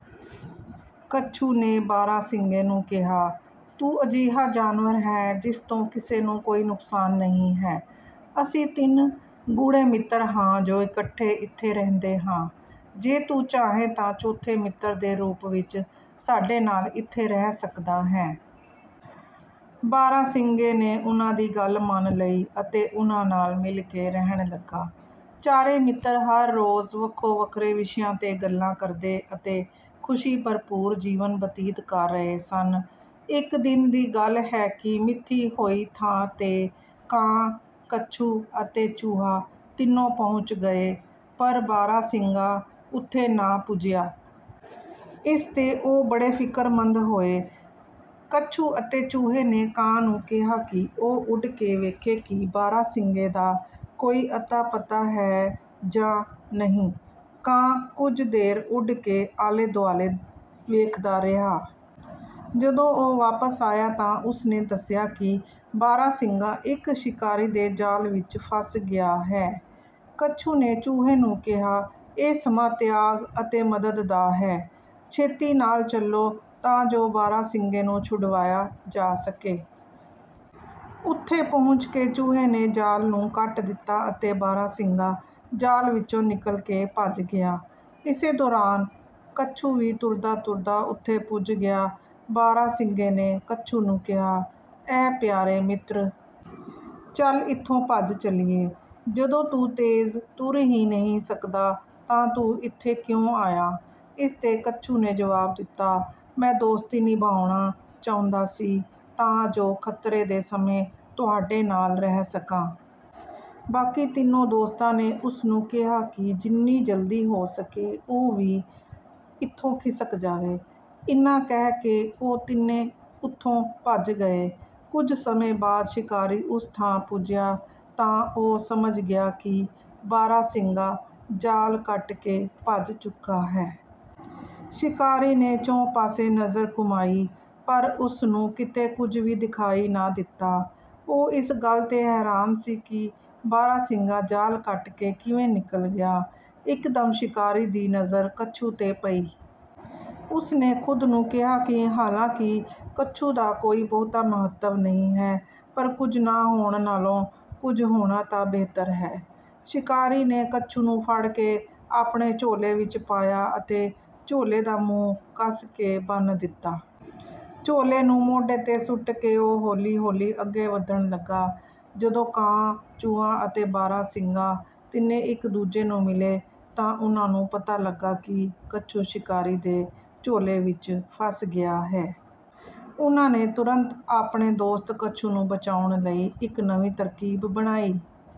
ਕੱਛੂ ਨੇ ਬਾਰਾਂਸਿੰਗੇ ਨੂੰ ਕਿਹਾ, "ਤੂੰ ਅਜਿਹਾ ਜਾਨਵਰ ਹੈਂ ਜਿਸ ਤੋਂ ਕਿਸੇ ਨੂੰ ਕੋਈ ਨੁਕਸਾਨ ਨਹੀਂ ਹੈ। ਅਸੀਂ ਤਿੰਨ ਗੂੜ੍ਹੇ ਮਿੱਤਰ ਹਾਂ ਜੋ ਇਕੱਠੇ ਇੱਥੇ ਰਹਿੰਦੇ ਹਾਂ। ਜੇ ਤੂੰ ਚਾਹੇਂ ਤਾਂ ਚੌਥੇ ਮਿੱਤਰ ਦੇ ਰੂਪ ਵਿੱਚ ਸਾਡੇ ਨਾਲ ਇੱਥੇ ਰਹਿ ਸਕਦਾ ਹੈਂ।" ਬਾਰਾਂਸਿੰਗੇ ਨੇ ਉਨ੍ਹਾਂ ਦੀ ਗੱਲ ਮੰਨ ਲਈ ਅਤੇ ਉਨ੍ਹਾਂ ਨਾਲ ਮਿਲ ਕੇ ਰਹਿਣ ਲੱਗਾ। ਚਾਰੇ ਮਿੱਤਰ ਹਰ ਰੋਜ਼ ਵੱਖੋ ਵੱਖਰੇ ਵਿਸ਼ਿਆਂ 'ਤੇ ਗੱਲਾਂ ਕਰਦੇ ਅਤੇ ਖ਼ੁਸ਼ੀ ਭਰਪੂਰ ਜੀਵਨ ਬਤੀਤ ਕਰ ਰਹੇ ਸਨ। ਇੱਕ ਦਿਨ ਦੀ ਗੱਲ ਹੈ ਕਿ ਮਿਥੀ ਹੋਈ ਥਾਂ 'ਤੇ ਕਾਂ, ਕੱਛੂ ਅਤੇ ਚੂਹਾ ਤਿੰਨੋਂ ਪਹੁੰਚ ਗਏ, ਪਰ ਬਾਰਾਂਸਿੰਗਾ ਉੱਥੇ ਨਾ ਪੁੱਜਿਆ। ਇਸ 'ਤੇ ਉਹ ਬੜੇ ਫ਼ਿਕਰਮੰਦ ਹੋਏ। ਕੱਛੂ ਅਤੇ ਚੂਹੇ ਨੇ ਕਾਂ ਨੂੰ ਕਿਹਾ ਕਿ ਉਹ ਉੱਡ ਕੇ ਵੇਖੇ ਕਿ ਬਾਰਾਂਸਿੰਗੇ ਦਾ ਕੋਈ ਅਤਾ-ਪਤਾ ਹੈ ਜਾਂ ਨਹੀਂ। ਕਾਂ ਕੁਝ ਦੇਰ ਉੱਡ ਕੇ ਆਲੇ-ਦੁਆਲੇ ਵੇਖਦਾ ਰਿਹਾ। ਜਦੋਂ ਉਹ ਵਾਪਸ ਆਇਆ ਤਾਂ ਉਸ ਨੇ ਦੱਸਿਆ ਕਿ ਬਾਰਾਂਸਿੰਗਾ ਇੱਕ ਸ਼ਿਕਾਰੀ ਦੇ ਜਾਲ ਵਿੱਚ ਫੱਸ ਗਿਆ ਹੈ। ਕੱਛੂ ਨੇ ਚੂਹੇ ਨੂੰ ਕਿਹਾ, "ਇਹ ਸਮਾਂ ਤਿਆਗ ਅਤੇ ਮਦਦ ਦਾ ਹੈ। ਛੇਤੀ ਨਾਲ ਚੱਲੋ ਤਾਂ ਜੋ ਬਾਰਾਂਸਿੰਗੇ ਨੂੰ ਛੁਡਵਾਇਆ ਜਾ ਸਕੇ।" ਉੱਥੇ ਪਹੁੰਚ ਕੇ ਚੂਹੇ ਨੇ ਜਾਲ ਨੂੰ ਕੱਟ ਦਿੱਤਾ ਅਤੇ ਬਾਰਾਂਸਿੰਗਾ ਜਾਲ ਵਿੱਚੋਂ ਨਿਕਲ ਕੇ ਭੱਜ ਗਿਆ। ਇਸੇ ਦੌਰਾਨ ਕੱਛੂ ਵੀ ਤੁਰਦਾ-ਤੁਰਦਾ ਉੱਥੇ ਪੁੱਜ ਗਿਆ। ਬਾਰਾਂਸਿੰਗੇ ਨੇ ਕੱਛੂ ਨੂੰ ਕਿਹਾ, "ਐ ਪਿਆਰੇ ਮਿੱਤਰ! ਚੱਲ ਇੱਥੋਂ ਭੱਜ ਚੱਲੀਏ। ਜਦੋਂ ਤੂੰ ਤੇਜ਼ ਤੁਰ ਹੀ ਨਹੀਂ ਸਕਦਾ ਤਾਂ ਤੂੰ ਇੱਥੇ ਕਿਉਂ ਆਇਆ?" ਇਸ 'ਤੇ ਕੱਛੂ ਨੇ ਜਵਾਬ ਦਿੱਤਾ, "ਮੈਂ ਦੋਸਤੀ ਨਿਭਾਉਣਾ ਚਾਹੁੰਦਾ ਸੀ ਤਾਂ ਜੋ ਖ਼ਤਰੇ ਦੇ ਸਮੇਂ ਤੁਹਾਡੇ ਨਾਲ ਰਹਿ ਸਕਾਂ।" ਬਾਕੀ ਤਿੰਨੋਂ ਦੋਸਤਾਂ ਨੇ ਉਸ ਨੂੰ ਕਿਹਾ ਕਿ ਜਿੰਨੀ ਜਲਦੀ ਹੋ ਸਕੇ ਉਹ ਵੀ ਇੱਥੋਂ ਖਿਸਕ ਜਾਵੇ। ਇੰਨਾ ਕਹਿ ਕੇ ਉਹ ਤਿੰਨੇ ਉੱਥੋਂ ਭੱਜ ਪਏ। ਕੁਝ ਸਮੇਂ ਬਾਅਦ ਸ਼ਿਕਾਰੀ ਉਸ ਥਾਂ ਪੁੱਜਿਆ ਤਾਂ ਉਹ ਸਮਝ ਗਿਆ ਕਿ ਬਾਰਾਂਸਿੰਗਾ ਜਾਲ ਕੱਟ ਕੇ ਭੱਜ ਚੁੱਕਾ ਹੈ। ਸ਼ਿਕਾਰੀ ਨੇ ਚਹੁੰ ਪਾਸੇ ਨਜ਼ਰ ਘੁਮਾਈ, ਪਰ ਉਸ ਨੂੰ ਕਿਤੇ ਕੁਝ ਵੀ ਦਿਖਾਈ ਨਾ ਦਿੱਤਾ। ਉਹ ਇਸ ਗੱਲ 'ਤੇ ਹੈਰਾਨ ਸੀ ਕਿ ਬਾਰਾਂਸਿੰਗਾ ਜਾਲ ਕੱਟ ਕੇ ਕਿਵੇਂ ਨਿਕਲ ਗਿਆ। ਇਕਦਮ ਸ਼ਿਕਾਰੀ ਦੀ ਨਜ਼ਰ ਕੱਛੂ 'ਤੇ ਪਈ। ਉਸ ਨੇ ਖ਼ੁਦ ਨੂੰ ਕਿਹਾ ਕਿ ਹਾਲਾਂਕਿ ਕੱਛੂ ਦਾ ਕੋਈ ਬਹੁਤਾ ਮਹੱਤਵ ਨਹੀਂ ਹੈ, ਪਰ ਕੁਝ ਨਾ ਹੋਣ ਨਾਲੋਂ ਕੁਝ ਹੋਣਾ ਤਾਂ ਬਿਹਤਰ ਹੈ। ਸ਼ਿਕਾਰੀ ਨੇ ਕੱਛੂ ਨੂੰ ਫੜ ਕੇ ਆਪਣੇ ਝੋਲੇ ਵਿੱਚ ਪਾਇਆ ਅਤੇ ਝੋਲੇ ਦਾ ਮੂੰਹ ਕੱਸ ਕੇ ਬੰਨ੍ਹ ਦਿੱਤਾ। ਝੋਲੇ ਨੂੰ ਮੋਢੇ 'ਤੇ ਸੁੱਟ ਕੇ ਉਹ ਹੌਲੀ-ਹੌਲੀ ਅੱਗੇ ਵਧਣ ਲੱਗਾ। ਜਦੋਂ ਕਾਂ, ਚੂਹਾ ਅਤੇ ਬਾਰਾਂਸਿੰਗਾ ਤਿੰਨੇ ਇੱਕ-ਦੂਜੇ ਨੂੰ ਮਿਲੇ, ਤਾਂ ਉਨ੍ਹਾਂ ਨੂੰ ਪਤਾ ਲੱਗਾ ਕਿ ਕੱਛੂ ਸ਼ਿਕਾਰੀ ਦੇ ਝੋਲੇ ਵਿੱਚ ਫਸ ਗਿਆ ਹੈ। ਉਨ੍ਹਾਂ ਨੇ ਤੁਰੰਤ ਆਪਣੇ ਦੋਸਤ ਕੱਛੂ ਨੂੰ ਬਚਾਉਣ ਲਈ ਇੱਕ ਨਵੀਂ ਤਰਕੀਬ ਬਣਾਈ।